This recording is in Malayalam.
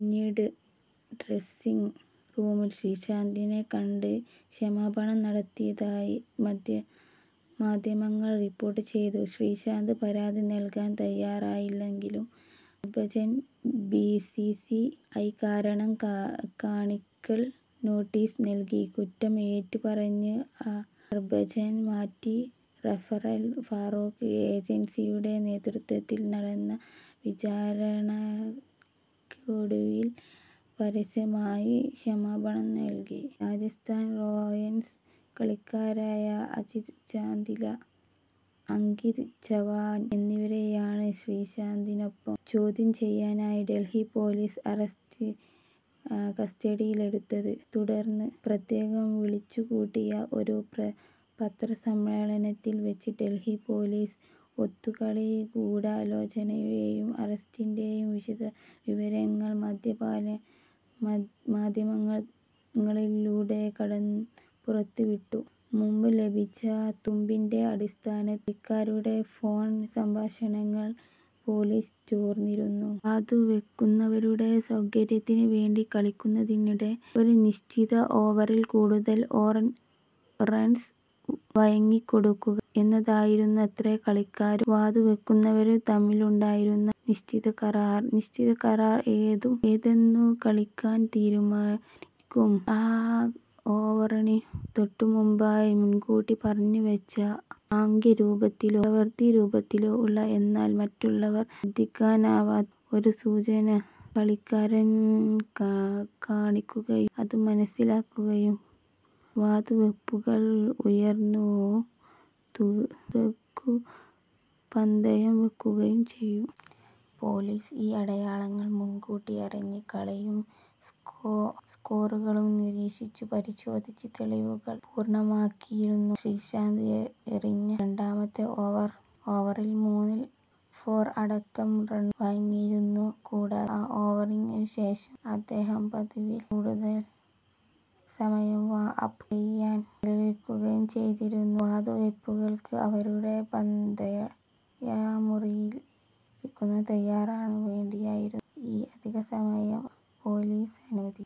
പിന്നീട് ഡ്രസിംഗ് റൂമിൽ ശ്രീശാന്തിനെ കണ്ട് ക്ഷമാപണം നടത്തിയതായി മാധ്യമങ്ങൾ റിപ്പോർട്ട് ചെയ്തു. ശ്രീശാന്ത് പരാതി നൽകാൻ തയ്യാറായില്ലെങ്കിലും ഹർഭജന് ബി. സി. സി. ഐ കാരണം കാണിക്കൽ നോട്ടീസ് നൽകി. കുറ്റം ഏറ്റുപറഞ്ഞ ഹർഭജൻ മാച്ച് റഫറി ഫാറൂഖ് എൻജിനിയറുടെ നേതൃത്വത്തിൽ നടന്ന വിചാരണക്കൊടുവിൽ പരസ്യമായി ക്ഷമാപണം നടത്തി. രാജസ്ഥാൻ റോയൽസ് കളിക്കാരായ അജിത് ചാന്ദില, അങ്കിത് ചവാൻ എന്നിവരെയാണ് ശ്രീശാന്തിനൊപ്പം ചോദ്യം ചെയ്യാനായി ഡൽഹി പൊലീസ് കസ്റ്റഡിയിലെടുത്തത്. തുടർന്നു്, പ്രത്യേകം വിളിച്ചുകൂട്ടിയ ഒരു പത്രസമ്മേളനത്തിൽ വെച്ച് ഡെൽഹി പോലീസ് ഒത്തുകളിഗൂഢാലോചനയുടേയും അറസ്റ്റിന്റേയും വിശദവിവരങ്ങൾ മാദ്ധ്യമങ്ങളിലൂടെ പുറത്തുവിട്ടു. മുമ്പു ലഭിച്ച തുമ്പിന്റെ അടിസ്ഥാനത്തിൽ കളിക്കാരുടെ ഫോൺ സംഭാഷണങ്ങൾ പോലീസ് ചോർത്തിയിരുന്നു. വാതുവെക്കുന്നവരുടെ സൗകര്യത്തിനു വേണ്ടി കളികൾക്കിടെ ഒരു നിശ്ചിത ഓവറിൽ കൂടുതൽ റൺസ് വഴങ്ങിക്കൊടുക്കുക എന്നതായിരുന്നുവത്രേ കളിക്കാരും വാതുവെക്കുന്നവരും തമ്മിലുണ്ടായിരുന്ന കരാർ. നിശ്ചിത ഓവർ ഏതെന്നു് കളിക്കാരൻ തീരുമാനിക്കും. ആ ഓവറിനു തൊട്ടുമുമ്പായി, മുൻകൂട്ടി പറഞ്ഞുവെച്ച, ആംഗ്യരൂപത്തിലോ പ്രവൃത്തിരൂപത്തിലോ ഉള്ള, എന്നാൽ മറ്റുള്ളവർ ശ്രദ്ധിക്കാനിടയില്ലാത്ത, ഒരു സൂചന കളിക്കാരൻ കാണിക്കുകയും അതു മനസ്സിലാക്കി വാതുവെപ്പുകാർ ഉയർന്ന തുകകൾക്കു പന്തയം വെക്കുകയും ചെയ്യും. പോലീസ് ഈ അടയാളങ്ങൾ മുൻകൂട്ടിയറിഞ്ഞ് കളിയും സ്കോറുകളും നിരീക്ഷിച്ചു പരിശോധിച്ച് തെളിവുകൾ പൂർണ്ണമാക്കുകയായിരുന്നു. ശ്രീശാന്ത് എറിഞ്ഞ രണ്ടാമത്തെ ഓവറിൽ മൂന്നു ഫോർ അടക്കം റണ്ണുകൾ വഴങ്ങിയിരുന്നു. കൂടാതെ, ആ ഓവറിനുമുമ്പ് അദ്ദേഹം പതിവിൽ കൂടുതൽ സമയം 'വാം അപ്' ചെയ്യാൻ ചെലവാക്കുകയും ചെയ്തിരുന്നു. വാതുവെപ്പുകാർക്കു് അവരുടെ പന്തയമുറപ്പിക്കുന്നതിൽ തയ്യാറെടുക്കാൻ വേണ്ടിയായിരുന്നു ഈ അധികസമയം എന്നു് പോലീസ് അനുമാനിച്ചു.